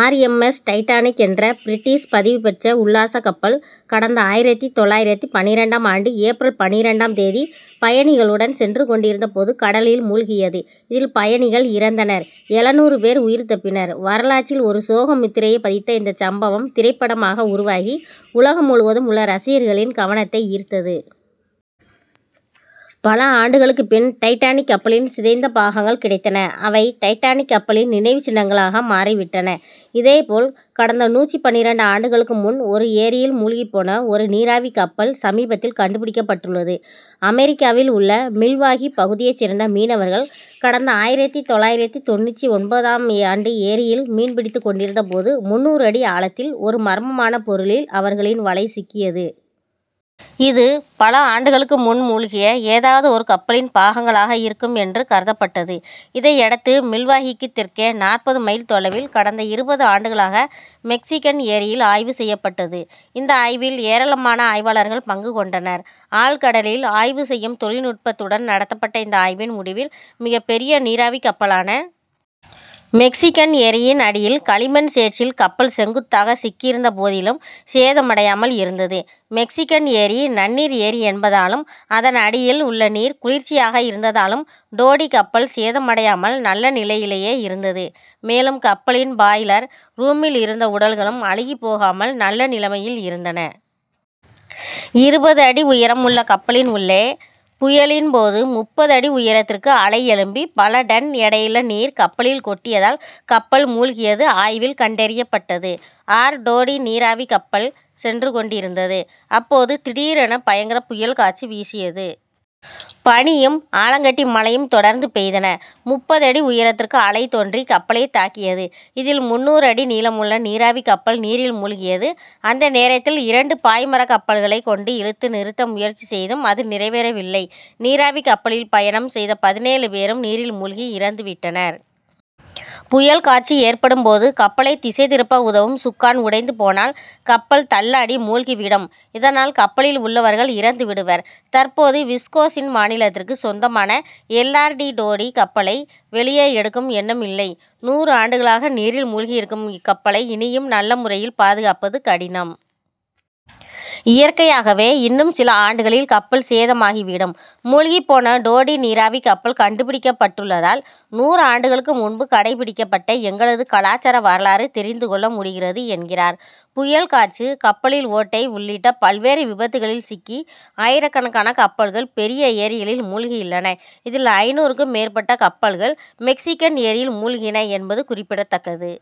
R. M. S., Titanic என்ற British பதிவு பெற்ற உல்லாசக் கப்பல், கடந்த ஆயிரத்து தொள்ளாயிரத்து பன்னிரண்டாம் ஆண்டு ஏப்ரல் பன்னிரண்டாம் தேதி பயணிகளுடன் சென்று கொண்டிருந்த போது, கடலில் மூழ்கியது. இதில் பயணிகள் இறந்தனர் எழுநூறு பேர் உயிர் தப்பினர். வரலாற்றில் ஒரு சோக முத்திரையை பதித்த இந்த சம்பவம் திரைப்படமாக உருவாகி, உலகம் முழுவதும் உள்ள ரசிகர்களின் கவனத்தை ஈர்த்தது. பல ஆண்டுகளுக்கு பின், டைட்டானிக் கப்பலின் சிதைந்த பாகங்கள் கிடைத்தன. அவை டைட்டானிக் கப்பலின் நினைவுச் சின்னங்களாக மாறிவிட்டன. இதேபோல், கடந்த நூற்று பன்னிரண்டு ஆண்டுகளுக்கு முன் ஒரு ஏரியில் மூழ்கிப்போன ஒரு நீராவிக் கப்பல் சமீபத்தில் கண்டுபிடிக்கப்பட்டுள்ளது. அமெரிக்காவில் உள்ள, மில்வாகி பகுதியைச் சேர்ந்த மீனவர்கள், கடந்த ஆயிரத்து தொள்ளாயிரத்து தொண்ணூற்று ஒன்றாம் ஆண்டு ஏரியில் மீன் பிடித்துக் கொண்டிருந்தபோது முந்நூறு அடி ஆழத்தில் ஒரு மர்மமான பொருளில் அவர்களின் வலை சிக்கியது. இது, பல ஆண்டுகளுக்கு முன் மூழ்கிய ஏதாவது ஒரு கப்பலின் பாகங்களாக இருக்கும் என்று கருதப்பட்டது. இதையடுத்து, மில்வாகிக்கு தெற்கே நாற்பது மைல் தொலைவில், கடந்த இருபது ஆண்டுகளாக மெக்சிகன் ஏரியில் ஆய்வு செய்யப்பட்டது. இந்த ஆய்வில் ஏராளமான ஆய்வாளர்கள் பங்கு கொண்டனர். ஆழ்கடலில் ஆய்வு செய்யும் தொழில் நுட்பத்துடன் நடத்தப்பட்ட இந்த ஆய்வின் முடிவில், மிகப்பெரிய நீராவிக் கப்பலான. மெக்சிகன் ஏரியின் அடியில் களிமண் சேற்றில் கப்பல் செங்குத்தாக சிக்கியிருந்த போதிலும் சேதமடையாமல் இருந்தது. மெக்சிகன் ஏரி நன்னீர் ஏரி என்பதாலும், அதன் அடியில் உள்ள நீர் குளிர்ச்சியாக இருந்ததாலும் டோடி கப்பல் சேதமடையாமல், நல்ல நிலையிலேயே இருந்தது. மேலும், கப்பலின் பாய்லர் ரூமில் இருந்த உடல்களும், அழுகிப் போகாமல் நல்ல நிலமையில் இருந்தன. இருபது அடி உயரம் உள்ள கப்பலின் உள்ளே, புயலின் போது முப்பது அடி உயரத்திற்கு அலை எழும்பி பல டன் எடையுள்ள நீர் கப்பலில் கொட்டியதால் கப்பல் மூழ்கியது ஆய்வில் கண்டறியப்பட்டது. ஆர். டோடி நீராவிக் கப்பல் சென்று கொண்டிருந்தது. அப்போது, திடீரென பயங்கர புயல் காற்று வீசியது. பனியும், ஆலங்கட்டி மழையும் தொடர்ந்து பெய்தன. முப்பது அடி உயரத்திற்கு அலை தோன்றி கப்பலை தாக்கியது. இதில் முந்நூறு அடி நீளமுள்ள நீராவிக் கப்பல் நீரில் மூழ்கியது. அந்த நேரத்தில் இரண்டு பாய்மரக்கப்பல்களை கொண்டு இழுத்து நிறுத்த முயற்சி செய்தும் அது நிறைவேறவில்லை. நீராவிக் கப்பலில் பயணம் செய்த பதினேழு பேரும் நீரில் மூழ்கி இறந்து விட்டனர். புயல் காற்று ஏற்படும் போது கப்பலை திசை திருப்ப உதவும் சுக்கான் உடைந்து போனால் கப்பல் தள்ளாடி மூழ்கி விடும். இதனால் கப்பலில் உள்ளவர்கள் இறந்து விடுவர். தற்போது விஸ்கோசின் மாநிலத்திற்கு சொந்தமான எல். ஆர். டோடி கப்பலை வெளியே எடுக்கும் எண்ணமில்லை. நூறு ஆண்டுகளாக நீரில் மூழ்கி இருக்கும் இக்கப்பலை இனியும் நல்ல முறையில் பாதுகாப்பது கடினம். இயற்கையாகவே இன்னும் சில ஆண்டுகளில் கப்பல் சேதமாகிவிடும். மூழ்கிப்போன டோடி நீராவிக் கப்பல் கண்டுபிடிக்கப்பட்டுள்ளதால், நூறு ஆண்டுகளுக்கு முன்பு கடைபிடிக்கப்பட்ட எங்களது கலாசார வரலாறு தெரிந்து கொள்ள முடிகிறது என்கிறார். புயல் காற்று, கப்பலில் ஓட்டை உள்ளிட்ட பல்வேறு விபத்துக்களில் சிக்கி ஆயிரக்கணக்கான கப்பல்கள் பெரிய ஏரிகளில் மூழ்கியுள்ளன. இதில் ஐந்நூறுக்கும் மேற்பட்ட கப்பல்கள் மெக்சிகன் ஏரியில் மூழ்கின என்பது குறிப்பிடத்தக்கது.